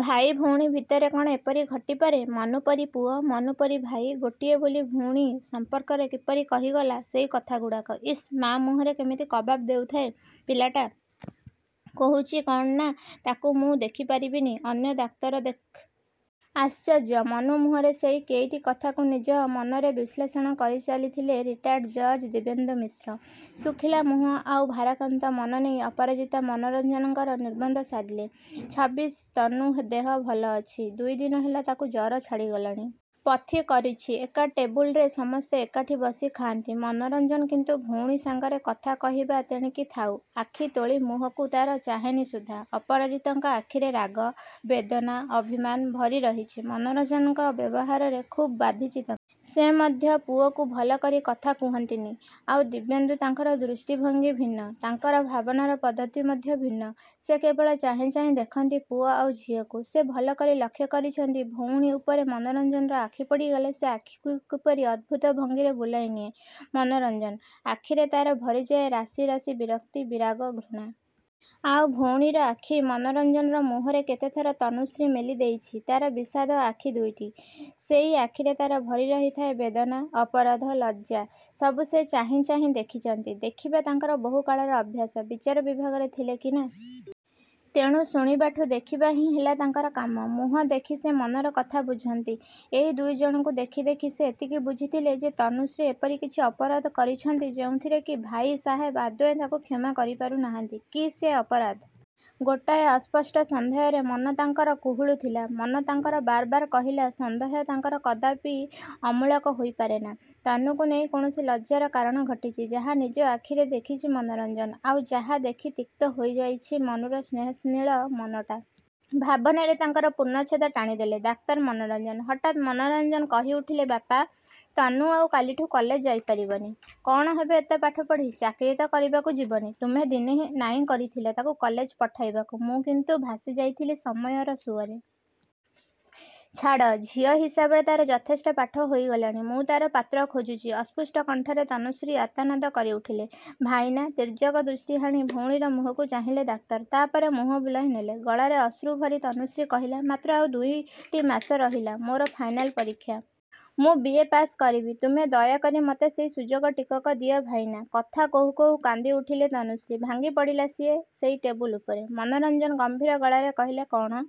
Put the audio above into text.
ଭାଇ ଭଉଣୀ ଭିତରେ କ'ଣ ଏପରି ଘଟିପାରେ! ମନୁ ପରି ପୁଅ, ମନୁପରି ଭାଇ, ଗୋଟିଏ ବୋଲି ଭଉଣୀ ସମ୍ପର୍କରେ କିପରି କହିଗଲା ସେଇ କଥାଗୁଡାକ! ଇସ୍ ମାଆ ମୁହଁରେ କେମିତି କବାବ୍ ଦେଉଥାଏ ପିଲାଟା! କହୁଛି କଣନା–ତାକୁ ମୁଁ ଦେଖିପାରିବିନି, ଅନ୍ୟ ଡାକ୍ତର ଦେଖ! ଆଶ୍ଚର୍ଯ୍ୟ... ମନୁ ମୁହଁର ସେଇ କେଇଟି କଥାକୁ ନିଜ ମନରେ ବିଶ୍ଳେଷଣ କରିଚାଲିଥିଲେ ରିଟାୟାଡ଼୍ ଜଜ୍ ଦିବ୍ୟେନ୍ଦୁ ମିଶ୍ର। ଶୁଖିଲା ମୁହଁ ଆଉ ଭାରାକ୍ରାନ୍ତ ମନ ନେଇ ଅପରାଜିତା ମନୋରଞ୍ଜନଙ୍କର ନିର୍ବନ୍ଦ ସାରିଲେ। ଛବିଶି ତନୁ ଦେହ ଭଲ ଅଛି। ଦୁଇଦିନ ହେଲା ତାକୁ ଜ୍ୱର ଛାଡ଼ିଗଲାଣି। ପଥି କରୁଛି। ଏକା ଟେବୁଲ୍ରେ ସମସ୍ତେ ଏକାଠି ବସି ଖାଆନ୍ତି। ମନୋରଞ୍ଜନ କିନ୍ତୁ ଭଉଣୀ ସାଙ୍ଗରେ କଥା କହିବା ତେଣିକି ଥାଉ ଆଖି ତୋଳି ମୁହଁକୁ ତା'ର ଚାହେଁନି ସୁଦ୍ଧା। ଅପରାଜିତାଙ୍କ ଆଖିରେ ରାଗ, ବେଦନା, ଅଭିମାନ ଭରି ରହିଛି। ମନୋରଞ୍ଜନଙ୍କର ବ୍ୟବହାର ଖୁବ୍ ବାଧିଛି ତାଙ୍କୁ। ସେ ମଧ୍ୟ ପୁଅକୁ ଭଲକରି କଥା କୁହନ୍ତିନି। ଆଉ ଦିବ୍ୟେନ୍ଦୁ ତାଙ୍କର ଦୃଷ୍ଟିଭଙ୍ଗୀ ଭିନ୍ନ। ତାଙ୍କର ଭାବନାର ପଦ୍ଧତି ମଧ୍ୟ ଭିନ୍ନ। ସେ କେବଳ ଚାହିଁ ଚାହିଁ ଦେଖନ୍ତି ପୁଅ ଆଉ ଝିଅକୁ। ସେ ଭଲକରି ଲକ୍ଷ୍ୟ କରିଛନ୍ତି ଭଉଣୀ ଉପରେ ମନୋରଞ୍ଜନର ଆଖି ପଡ଼ିଗଲେ ସେଇ ଆଖିକୁ କିପରି ଅଦ୍ଭୁତ ଭଙ୍ଗୀରେ ବୁଲାଇନିଏ ମନୋରଞ୍ଜନ, ଆଖିରେ ତା'ର ଭରିଯାଏ ରାଶି ରାଶି ବିରକ୍ତି, ବିରାଗ, ଘୃଣା-। ଆଉ ଭଉଣୀର ଆଖି। ମନୋରଞ୍ଜନର ମୁହଁରେ କେତେଥର ତନୁଶ୍ରୀ ମେଲିଦେଇଛି ତା'ର ବିଷାଦ ଆଖି ଦିଓଟି। ସେହି ଆଖିରେ ତା'ର ଭରି ରହିଥାଏ ବେଦନା, ଅପରାଧ, ଲଜ୍ଜା। ସବୁ ସେ ଚାହିଁ ଚାହିଁ ଦେଖିଛନ୍ତି। ଦେଖିବା ତାଙ୍କର ବହୁକାଳର ଅଭ୍ୟାସ। ବିଚାର ବିଭାଗରେ ଥିଲେ କି ନା। ତେଣୁ ଶୁଣିବାଠୁ ଦେଖିବାହିଁ ହେଲା ତାଙ୍କର କାମ। ମୁହଁ ଦେଖି ସେ ମନର କଥା ବୁଝନ୍ତି। ଏଇ ଦୁଇଜଣଙ୍କୁ ଦେଖି ଦେଖି ସେ ଏତିକି ବୁଝିଥିଲେ ଯେ ତନୁଶ୍ରୀ ଏପରି କିଛି ଅପରାଧ କରିଛନ୍ତି ଯେଉଁଥିରେ କି ଭାଇସାହେବ ଆଦୌ ତାଙ୍କୁ କ୍ଷମା କରିପାରୁନାହାନ୍ତି। କି ସେ ଅପରାଧ-!! ଗୋଟାଏ ଅସ୍ପଷ୍ଟ ସନ୍ଦେହରେ ମନ ତାଙ୍କର କୁହୁଳୁଥିଲା। ମନ ତାଙ୍କର ବାରବାର। କହିଲା–ସନ୍ଦେହ ତାଙ୍କର କଦାପି ଅମୂଳକ ହୋଇପାରେନା। ତନୁକୁ ନେଇ କୌଣସି ଲଜ୍ଜାର କାରଣ ଘଟିଛି ଯାହା ନିଜ ଆଖିରେ ଦେଖିଛି ମନୋରଞ୍ଜନ। ଆଉ ଯାହା ଦେଖି ତିକ୍ତ ହୋଇଯାଇଛି ମନୁର ସ୍ନେହଶୀଳ ମନଟା। ଭାବନାରେ ତାଙ୍କର ପୂର୍ଣ୍ଣଛେଦ ଟାଣିଦେଲେ ଡାକ୍ତର ମନୋରଞ୍ଜନ। ହଠାତ୍ ମନୋରଞ୍ଜନ କହିଉଠିଲେ– ବାପା, ତନୁ ଆଉ କାଲିଠୁ କଲେଜ ଯାଇପାରିବନି। କ'ଣ ହେବ ଏତେ ପଢ଼ି। ଚାକିରି ତ କରିବାକୁ ଯିବନି। ତୁମେ ଦିନେ ନାହିଁ କରିଥିଲ ତାକୁ କଲେଜ ପଠାଇବାକୁ। ମୁଁ କିନ୍ତୁ ଭାସିଯାଇଥିଲି ସମୟର ସୁଅରେ। ଛାଡ଼, ଝିଅ ହିସାବରେ ତା'ର ଯଥେଷ୍ଟ ପାଠ ହୋଇଗଲାଣି। ମୁଁ ତା'ର ପାତ୍ର ଖୋଜୁଛି। ଅସ୍ଫୁଟ କଣ୍ଠରେ ତନୁଶ୍ରୀ ଆର୍ତ୍ତନାଦ କରିଉଠିଲା–ଭାଇନା ତୀର୍ଯ୍ୟକ ଦୃଷ୍ଟି ହାଣି ଭଉଣୀର ମୁହଁକୁ ଚାହିଁଲେ ଡାକ୍ତର। ତାପରେ ମୁହଁ ବୁଲାଇନେଲେ। ଗଳାରେ ଅଶ୍ରୁଭରି ତନୁଶ୍ରୀ କହିଲା–ମାତ୍ର ଆଉଦୁଇଟି ମାସ ରହିଲା ମୋର ଫାଇନାଲ ପରୀକ୍ଷା। ମୁଁ ବି. ଏ ପାସ୍ କରିବି। ତୁମେ ଦୟାକରି ମତେ ସେଇ ସୁଯୋଗ ଟିକକ ଦିଅ ଭାଇନା। କଥା କହୁ କହୁ କାନ୍ଦିଉଠିଲା ତନୁଶ୍ରୀ। ଭାଙ୍ଗିପଡ଼ିଲା ସିଏ ସେଇ ଟେବୁଲ୍ ଉପରେ। ମନୋରଞ୍ଜନ ଗମ୍ଭୀର ଗଳାରେ କହିଲେ– କ'ଣ